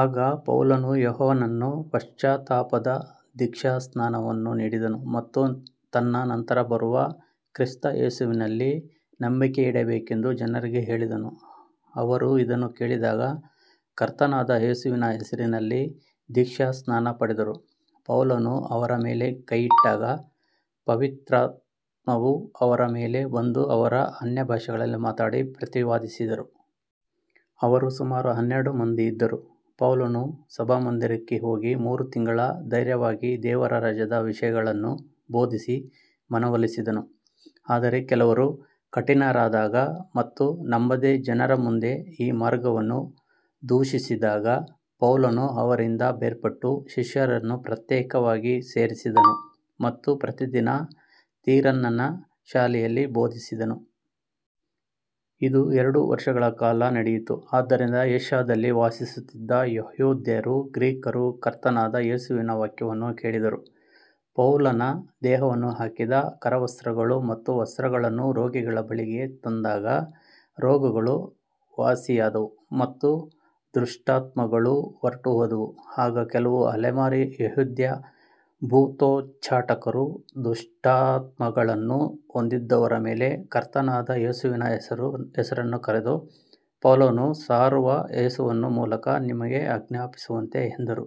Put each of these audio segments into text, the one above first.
ಆಗ ಪೌಲನು ಯೋಹಾನನು ಪಶ್ಚಾತ್ತಾಪದ ದೀಕ್ಷಾಸ್ನಾನವನ್ನು ನೀಡಿದನು ಮತ್ತು ತನ್ನ ನಂತರ ಬರುವ ಕ್ರಿಸ್ತ ಯೇಸುವಿನಲ್ಲಿ ನಂಬಿಕೆಯಿಡಬೇಕೆಂದು ಜನರಿಗೆ ಹೇಳಿದನು. ಅವರು ಇದನ್ನು ಕೇಳಿದಾಗ ಕರ್ತನಾದ ಯೇಸುವಿನ ಹೆಸರಿನಲ್ಲಿ ದೀಕ್ಷಾಸ್ನಾನ ಪಡೆದರು. ಪೌಲನು ಅವರ ಮೇಲೆ ಕೈಯಿಟ್ಟಾಗ ಪವಿತ್ರಾತ್ಮವು ಅವರ ಮೇಲೆ ಬಂದು ಅವರು ಅನ್ಯಭಾಷೆಗಳಲ್ಲಿ ಮಾತನಾಡಿ ಪ್ರವಾದಿಸಿದರು. ಅವರು ಸುಮಾರು ಹನ್ನೆರಡು ಮಂದಿ ಇದ್ದರು. ಪೌಲನು ಸಭಾಮಂದಿರಕ್ಕೆ ಹೋಗಿ ಮೂರು ತಿಂಗಳು ಧೈರ್ಯವಾಗಿ ದೇವರ ರಾಜ್ಯದ ವಿಷಯಗಳನ್ನು ಬೋಧಿಸಿ ಮನವೊಲಿಸಿದನು. ಆದರೆ ಕೆಲವರು ಕಠಿಣರಾದಾಗ ಮತ್ತು ನಂಬದೆ ಜನರ ಮುಂದೆ ಈ ಮಾರ್ಗವನ್ನು ದೂಷಿಸಿದಾಗ ಪೌಲನು ಅವರಿಂದ ಬೇರ್ಪಟ್ಟು ಶಿಷ್ಯರನ್ನು ಪ್ರತ್ಯೇಕವಾಗಿ ಸೇರಿಸಿದನು ಮತ್ತು ಪ್ರತಿದಿನ ತಿರನ್ನನ ಶಾಲೆಯಲ್ಲಿ ಬೋಧಿಸಿದನು. ಇದು ಎರಡು ವರ್ಷಗಳ ಕಾಲ ನಡೆಯಿತು. ಆದ್ದರಿಂದ ಏಷ್ಯಾದಲ್ಲಿ ವಾಸಿಸುತ್ತಿದ್ದ ಯೆಹೂದ್ಯರೂ ಗ್ರೀಕರೂ ಕರ್ತನಾದ ಯೇಸುವಿನ ವಾಕ್ಯವನ್ನು ಕೇಳಿದರು. ಪೌಲನ ದೇಹವನ್ನು ತಾಕಿದ ಕರವಸ್ತ್ರಗಳು ಮತ್ತು ವಸ್ತ್ರಗಳನ್ನು ರೋಗಿಗಳ ಬಳಿಗೆ ತಂದಾಗ ರೋಗಗಳು ವಾಸಿಯಾದವು ಮತ್ತು ದುಷ್ಟಾತ್ಮಗಳು ಹೊರಟುಹೋದವು. ಆಗ ಕೆಲವು ಅಲೆಮಾರಿ ಯೆಹೂದ್ಯ ಭೂತೋಚ್ಚಾಟಕರು ದುಷ್ಟಾತ್ಮಗಳನ್ನು ಹೊಂದಿದ್ದವರ ಮೇಲೆ ಕರ್ತನಾದ ಯೇಸುವಿನ ಹೆಸರನ್ನು ಕರೆದು, ಪೌಲನು ಸಾರುವ ಯೇಸುವಿನ ಮೂಲಕ ನಿಮಗೆ ಆಜ್ಞಾಪಿಸುತ್ತೇವೆ ಎಂದರು.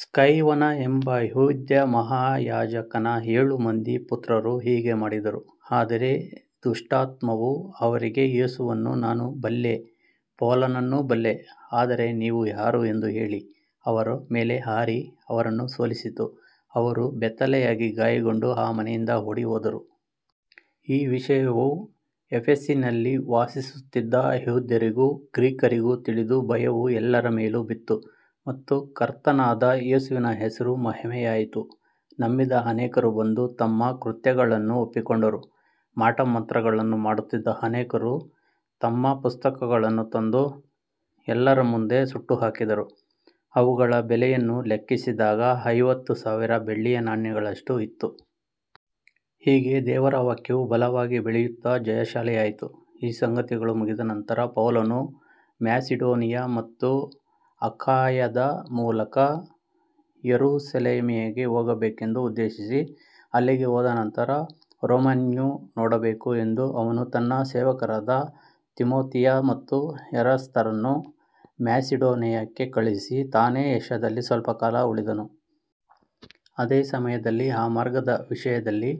ಸ್ಕೆವನ ಎಂಬ ಯೆಹೂದ್ಯ ಮಹಾಯಾಜಕನ ಏಳು ಮಂದಿ ಪುತ್ರರೂ ಹೀಗೆ ಮಾಡಿದರು. ಆದರೆ ದುಷ್ಟಾತ್ಮವು ಅವರಿಗೆ, ಯೇಸುವನ್ನು ನಾನು ಬಲ್ಲೆ, ಪೌಲನನ್ನೂ ಬಲ್ಲೆ, ಆದರೆ ನೀವು ಯಾರು ಎಂದು ಹೇಳಿ ಅವರ ಮೇಲೆ ಹಾರಿ ಅವರನ್ನು ಸೋಲಿಸಿತು. ಅವರು ಬೆತ್ತಲೆಯಾಗಿ ಗಾಯಗೊಂಡು ಆ ಮನೆಯಿಂದ ಓಡಿಹೋದರು. ಈ ವಿಷಯವು ಎಫೆಸಿನಲ್ಲಿ ವಾಸಿಸುತ್ತಿದ್ದ ಯೆಹೂದ್ಯರಿಗೂ ಗ್ರೀಕರಿಗೂ ತಿಳಿದು ಭಯವು ಎಲ್ಲರ ಮೇಲೂ ಬಿತ್ತು ಮತ್ತು ಕರ್ತನಾದ ಯೇಸುವಿನ ಹೆಸರು ಮಹಿಮೆಯಾಯಿತು. ನಂಬಿದ ಅನೇಕರು ಬಂದು ತಮ್ಮ ಕೃತ್ಯಗಳನ್ನು ಒಪ್ಪಿಕೊಂಡರು. ಮಾಟಮಂತ್ರಗಳನ್ನು ಮಾಡುತ್ತಿದ್ದ ಅನೇಕರು ತಮ್ಮ ಪುಸ್ತಕಗಳನ್ನು ತಂದು ಎಲ್ಲರ ಮುಂದೆ ಸುಟ್ಟುಹಾಕಿದರು. ಅವುಗಳ ಬೆಲೆಯನ್ನು ಲೆಕ್ಕಿಸಿದಾಗ ಐವತ್ತು ಸಾವಿರ ಬೆಳ್ಳಿಯ ನಾಣ್ಯಗಳಷ್ಟು ಇತ್ತು. ಹೀಗೆ ದೇವರ ವಾಕ್ಯವು ಬಲವಾಗಿ ಬೆಳೆಯುತ್ತಾ ಜಯಶಾಲಿಯಾಯಿತು. ಈ ಸಂಗತಿಗಳು ಮುಗಿದ ನಂತರ ಪೌಲನು ಮ್ಯಾಸಿಡೋನಿಯಾ ಮತ್ತು ಅಖಾಯದ ಮೂಲಕ ಯೆರೂಸಲೇಮಿಗೆ ಹೋಗಬೇಕೆಂದು ಉದ್ದೇಶಿಸಿ, ಅಲ್ಲಿಗೆ ಹೋದ ನಂತರ ರೋಮನ್ನೂ ನೋಡಬೇಕು ಎಂದನು. ಅವನು ತನ್ನ ಸೇವಕರಾದ ತಿಮೊಥೆಯ ಮತ್ತು ಎರಾಸ್ತರನ್ನು ಮ್ಯಾಸಿಡೋನಿಯಕ್ಕೆ ಕಳುಹಿಸಿ ತಾನೇ ಏಷ್ಯಾದಲ್ಲಿ ಸ್ವಲ್ಪ ಕಾಲ ಉಳಿದನು. ಅದೇ ಸಮಯದಲ್ಲಿ ಆ ಮಾರ್ಗದ ವಿಷಯದಲ್ಲಿ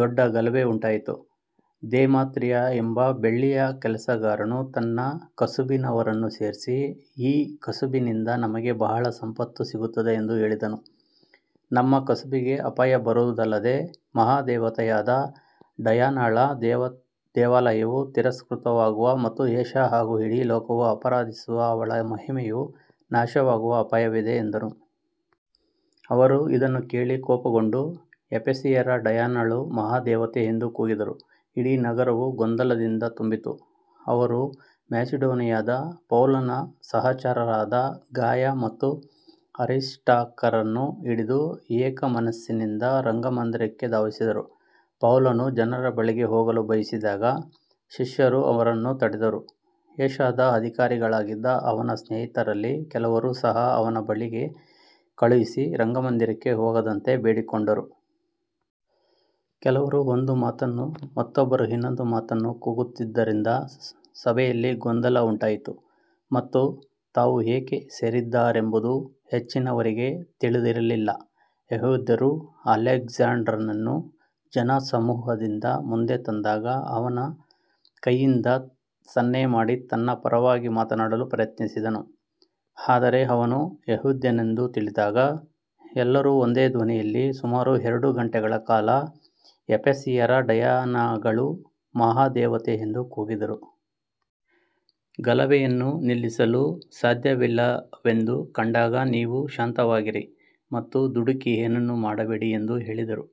ದೊಡ್ಡ ಗಲಭೆ ಉಂಟಾಯಿತು. ದೇಮೇತ್ರಿಯ ಎಂಬ ಬೆಳ್ಳಿಯ ಕೆಲಸಗಾರನು ತನ್ನ ಕಸುಬಿನವರನ್ನು ಸೇರಿಸಿ, ಈ ಕಸುಬಿನಿಂದ ನಮಗೆ ಬಹಳ ಸಂಪತ್ತು ಸಿಗುತ್ತದೆ ಎಂದು ಹೇಳಿದನು. ನಮ್ಮ ಕಸುಬಿಗೆ ಅಪಾಯ ಬರುವುದಲ್ಲದೆ ಮಹಾದೇವತೆಯಾದ ಡಯಾನಳ ದೇವಾಲಯವು ತಿರಸ್ಕೃತವಾಗುವ ಮತ್ತು ಏಷ್ಯಾ ಹಾಗೂ ಇಡೀ ಲೋಕವು ಆರಾಧಿಸುವ ಅವಳ ಮಹಿಮೆಯು ನಾಶವಾಗುವ ಅಪಾಯವಿದೆ ಎಂದನು. ಅವರು ಇದನ್ನು ಕೇಳಿ ಕೋಪಗೊಂಡು, ಎಫೆಸಿಯರ ಡಯಾನಳು ಮಹಾದೇವತೆ ಎಂದು ಕೂಗಿದರು. ಇಡೀ ನಗರವು ಗೊಂದಲದಿಂದ ತುಂಬಿತು. ಅವರು ಮ್ಯಾಸಿಡೋನಿಯಾದ ಪೌಲನ ಸಹಚರರಾದ ಗಾಯ ಮತ್ತು ಅರಿಸ್ಟಾರ್ಕರನ್ನು ಹಿಡಿದು ಏಕಮನಸ್ಸಿನಿಂದ ರಂಗಮಂದಿರಕ್ಕೆ ಧಾವಿಸಿದರು. ಪೌಲನು ಜನರ ಬಳಿಗೆ ಹೋಗಲು ಬಯಸಿದಾಗ ಶಿಷ್ಯರು ಅವನನ್ನು ತಡೆಯಿದರು. ಏಷ್ಯಾದ ಅಧಿಕಾರಿಗಳಾಗಿದ್ದ ಅವನ ಸ್ನೇಹಿತರಲ್ಲಿ ಕೆಲವರು ಸಹ ಅವನ ಬಳಿಗೆ ಕಳುಹಿಸಿ ರಂಗಮಂದಿರಕ್ಕೆ ಹೋಗದಂತೆ ಬೇಡಿಕೊಂಡರು. ಕೆಲವರು ಒಂದು ಮಾತನ್ನು, ಮತ್ತೊಬ್ಬರು ಇನ್ನೊಂದು ಮಾತನ್ನು ಕೂಗುತ್ತಿದ್ದರಿಂದ ಸಭೆಯಲ್ಲಿ ಗೊಂದಲ ಉಂಟಾಯಿತು ಮತ್ತು ತಾವು ಏಕೆ ಸೇರಿದ್ದಾರೆಂಬುದು ಹೆಚ್ಚಿನವರಿಗೆ ತಿಳಿದಿರಲಿಲ್ಲ. ಯೆಹೂದ್ಯರು ಅಲೆಕ್ಸಾಂದ್ರನನ್ನು ಜನಸಮೂಹದಿಂದ ಮುಂದೆ ತಂದಾಗ ಅವನು ಕೈಯಿಂದ ಸನ್ನೆ ಮಾಡಿ ತನ್ನ ಪರವಾಗಿ ಮಾತನಾಡಲು ಪ್ರಯತ್ನಿಸಿದನು. ಆದರೆ ಅವನು ಯೆಹೂದ್ಯನೆಂದು ತಿಳಿದಾಗ ಎಲ್ಲರೂ ಒಂದೇ ಧ್ವನಿಯಲ್ಲಿ ಸುಮಾರು ಎರಡು ಗಂಟೆಗಳ ಕಾಲ ಎಫೆಸಿಯರ ಡಯಾನಳು ಮಹಾದೇವತೆ ಎಂದು ಕೂಗಿದರು. ಗಲಭೆಯನ್ನು ನಿಲ್ಲಿಸಲು ಸಾಧ್ಯವಿಲ್ಲವೆಂದು ಕಂಡಾಗ ನೀವು ಶಾಂತವಾಗಿರಿ ಮತ್ತು ದುಡುಕಿ ಏನನ್ನೂ ಮಾಡಬೇಡಿ ಎಂದು ಹೇಳಿದರು.